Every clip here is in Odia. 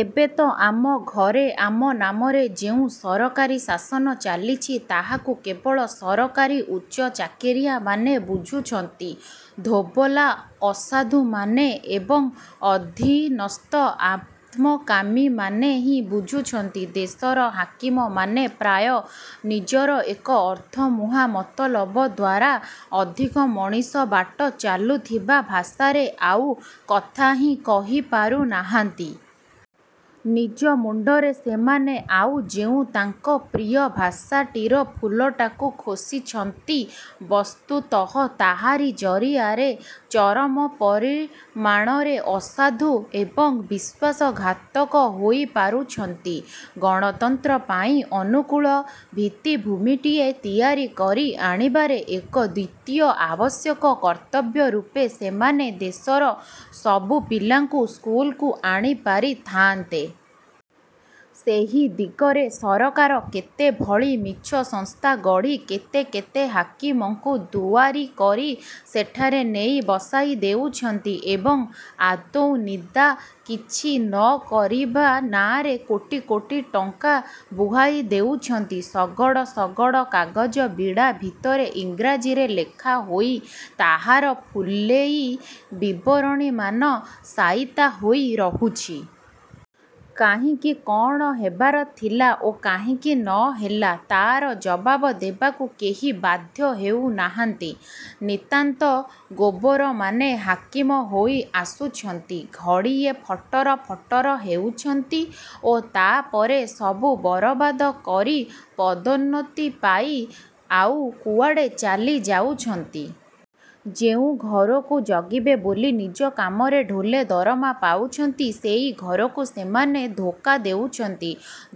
ଏବେ ତ ଆମ ଘରେ ଆମ ନାମରେ ଯେଉଁ ସରକାରୀଶାସନ ଚାଲିଛି ତାହାକୁ କେବଳ ସରକାରୀ ଉଚ୍ଚ ଚାକିରିଆମାନେ ବୁଝୁଛନ୍ତି, ଧୋବଲା ଅସାଧୁମାନେ ଏବଂ ଅଧିନସ୍ଥ ଆତ୍ମକାମୀମାନେ ହିଁ ବୁଝୁଛନ୍ତି। ଦେଶର ହାକିମମାନେ ପ୍ରାୟ ନିଜର ଏକ ଅର୍ଥମୁହାଁ ମତଲବ ଦ୍ୱାରା ଅଧିକ ମଣିଷ ବାଟ ଚାଲୁଥିବା ଭାଷାରେ ଆଉ କଥା ହିଁ କହିପାରୁ ନାହାନ୍ତି। ନିଜ ମୁଣ୍ଡରେ ସେମାନେ ଆଉ ଯେଉଁ ତାଙ୍କ ପ୍ରିୟ ଭାଷାଟିର ଫୁଲଟାକୁ ଖୋସିଛନ୍ତି, ବସ୍ତୁତଃ ତାହାରି ଜରିଆରେ ଚରମ ପରିମାଣରେ ଅସାଧୁ ଏବଂ ବିଶ୍ୱାସଘାତକ ହୋଇପାରୁଛନ୍ତି। ଗଣତନ୍ତ୍ର ପାଇଁ ଅନୁକୂଳ ଭିତ୍ତିଭୂମିଟିଏ ତିଆରିକରି ଆଣିବାରେ ଏକ ଦ୍ଵିତୀୟ ଆବଶ୍ୟକ କର୍ତ୍ତବ୍ୟ ରୂପେ ସେମାନେ ଦେଶର ସବୁ ପିଲାଙ୍କୁ ସ୍କୁଲକୁ ଆଣିପାରି ଥାଆନ୍ତେ। ସେହି ଦିଗରେ ସରକାର କେତେଭଳି ମିଛ ସଂସ୍ଥାଗଢ଼ି କେତେ କେତେ ହାକିମଙ୍କୁ ଦୁଆରୀ କରି ସେଠାରେ ନେଇ ବସାଇ ଦେଉଛନ୍ତି ଏବଂ ଆଦୌ ନିଦା କିଛି ନ କରିବା ନାଆଁରେ କୋଟି କୋଟି ଟଙ୍କା ବୁହାଇ ଦେଉଛନ୍ତି। ଶଗଡ଼ ଶଗଡ଼ କାଗଜବିଡ଼ା ଭିତରେ ଇଂରାଜୀରେ ଲେଖାହୋଇ ତାହାର ଫୁଲେଇ ବିବରଣୀମାନ ସାଇତା ହୋଇ ରହୁଛି। କାହିଁକି କଣ ହେବାର ଥିଲା ଓ କାହିଁକି ନହେଲା, ତାର ଜବାବ ଦେବାକୁ କେହି ବାଧ୍ୟ ହେଉନାହାନ୍ତି। ନିତାନ୍ତ ଗୋବରମାନେ ହାକିମ ହୋଇ ଆସୁଛନ୍ତି, ଘଡ଼ିଏ ଫଟର ଫଟର ହେଉଛନ୍ତି ଓ ତାପରେ ସବୁ ବରବାଦ କରି ପଦୋନ୍ନତି ପାଇ ଆଉ କୁଆଡ଼େ ଚାଲି ଯାଉଛନ୍ତି। ଯେଉଁ ଘରକୁ ଜଗିବେ ବୋଲି ନିଜ କାମରେ ଢୋଲେ ଦରମା ପାଉଛନ୍ତି, ସେହି ଘରକୁ ସେମାନେ ଧୋକା ଦେଉଛନ୍ତି।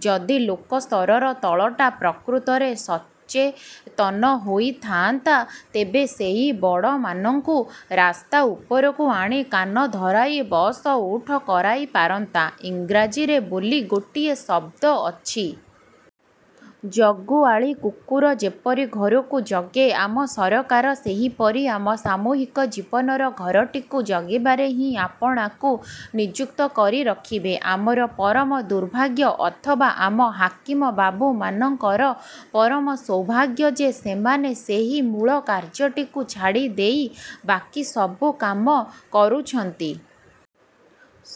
ଯଦି ଲୋକସ୍ତରର ତଳଟା ପ୍ରକୃତରେ ସଚେତନ ହୋଇଥାନ୍ତା, ତେବେ ସେହି ବଡ଼ମାନଙ୍କୁ ରାସ୍ତା ଉପରକୁ ଆଣି କାନ ଧରାଇ ବସ ଉଠ କରାଇପାରନ୍ତା। ଇଂରାଜୀରେ ବୋଲି ଗୋଟିଏ ଶବ୍ଦ ଅଛି। ଜଗୁଆଳି କୁକୁର ଯେପରି ଘରକୁ ଜଗେ, ଆମ ସରକାର ସେହିପରି ଆମ ସାମୂହିକ ଜୀବନର ଘରଟିକୁ ଜଗିବାରେ ହିଁ ଆପଣାକୁ ନିଯୁକ୍ତ କରି ରଖିବେ। ଆମର ପରମ ଦୁର୍ଭାଗ୍ୟ ଅଥବା ଆମ ହାକିମ ବାବୁମାନଙ୍କର ପରମ ସୌଭାଗ୍ୟ ଯେ ସେମାନେ ସେହି ମୂଳ କାର୍ଯ୍ୟଟିକୁ ଛାଡ଼ିଦେଇ ବାକି ସବୁ କାମ କରୁଛନ୍ତି।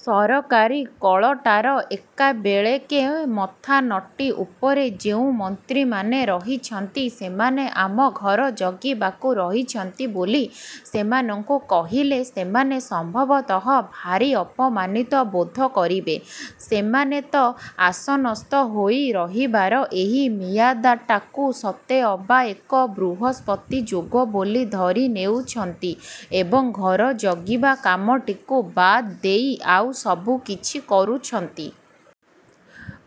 ସରକାରୀ କଳଟାର ଏକାବେଳେକେ ମଥାନଟି ଉପରେ ଯେଉଁ ମନ୍ତ୍ରୀମାନେ ରହିଛନ୍ତି। ସେମାନେ ଆମ ଘର ଜଗିବାକୁ ରହିଛନ୍ତି ବୋଲି ସେମାନଙ୍କୁ କହିଲେ ସେମାନେ ସମ୍ଭବତଃ ଭାରି ଅପମାନିତ ବୋଧ କରିବେ। ସେମାନେ ତ ଆସନସ୍ଥ ହୋଇ ରହିବାର ଏହି ମିଆଦଟାକୁ ସତେ ଅବା ଏକ ବୃହସ୍ପତି ଯୋଗ ବୋଲି ଧରି ନେଉଛନ୍ତି ଏବଂ ଘର ଜଗିବା କାମଟିକୁ ବାଦ୍ ଦେଇ ଆଉ ସବୁକିଛି କରୁଛନ୍ତି।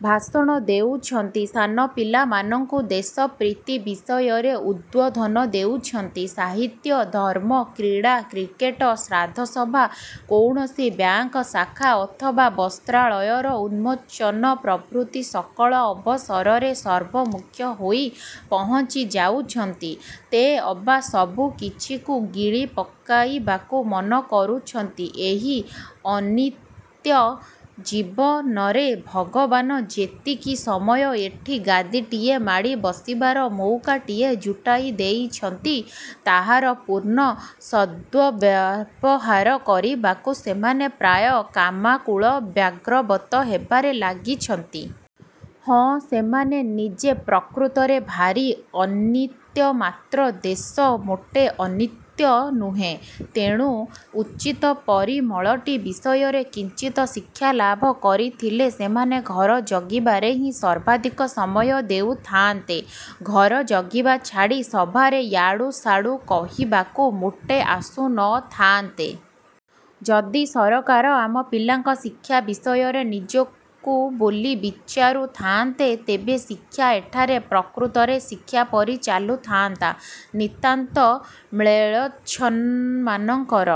ଭାଷଣ ଦେଉଛନ୍ତି, ସାନ ପିଲାମାନଙ୍କୁ ଦେଶପ୍ରୀତି ବିଷୟରେ ଉଦ୍ବୋଧନ ଦେଉଛନ୍ତି, ସାହିତ୍ୟ, ଧର୍ମ, କ୍ରୀଡ଼ା, କ୍ରିକେଟ, ଶ୍ରାଦ୍ଧସଭା, କୌଣସି ବ୍ୟାଙ୍କ ଶାଖା ଅଥବା ବସ୍ତ୍ରାଳୟର ଉନ୍ମୋଚନ ପ୍ରଭୃତି ସକଳ ଅବସରେ ସର୍ବମୁଖ୍ୟ ହୋଇ ପହଞ୍ଚି ଯାଉଛନ୍ତି। ତେଅବା ସବୁକିଛିକୁ ଗିଳି ପକାଇବାକୁ ମନ କରୁଛନ୍ତି। ଏହି ଅନିତ୍ୟ ଜୀବନରେ ଭଗବାନ ଯେତିକି ସମୟ ଏଠି ଗାଦୀଟିଏ ମାଡ଼ି ବସିବାର ମଉକାଟିଏ ଜୁଟାଇ ଦେଇଛନ୍ତି, ତାହାର ପୂର୍ଣ୍ଣ ସଦ୍ବ୍ୟବହାର କରିବାକୁ ସେମାନେ ପ୍ରାୟ କାମାକୁଳ ବ୍ୟାଘ୍ରବତ୍ ହେବାରେ ଲାଗିଛନ୍ତି। ହଁ ସେମାନେ ନିଜେ ପ୍ରକୃତରେ ଭାରି ଅନିତ୍ୟ ମାତ୍ର ଦେଶ ମୋଟେ ଅନିତ୍ୟ ନୁହେଁ, ତେଣୁ ଉଚିତ୍ ପରିମଳଟି ବିଷୟରେ କିଞ୍ଚିତ ଶିକ୍ଷାଲାଭ କରିଥିଲେ ସେମାନେ ଘର ଜଗିବାରେ ହିଁ ସର୍ବାଧିକ ସମୟ ଦେଉଥାନ୍ତେ। ଘର ଜଗିବା ଛାଡ଼ି ସଭାରେ ୟାଡୁସାଡୁ କହିବାକୁ ମୋଟେ ଆସୁନଥାନ୍ତେ। ଯଦି ସରକାର ଆମ ପିଲାଙ୍କ ଶିକ୍ଷା ବିଷୟରେ ନିଜକୁ ବୋଲି ବିଚାରୁ ଥାଆନ୍ତେ, ତେବେ ଶିକ୍ଷା ଏଠାରେ ପ୍ରକୃତରେ ଶିକ୍ଷା ପରି ଚାଲୁଥାନ୍ତା, ନିତାନ୍ତ ମ୍ଳେଚ୍ଛମାନଙ୍କର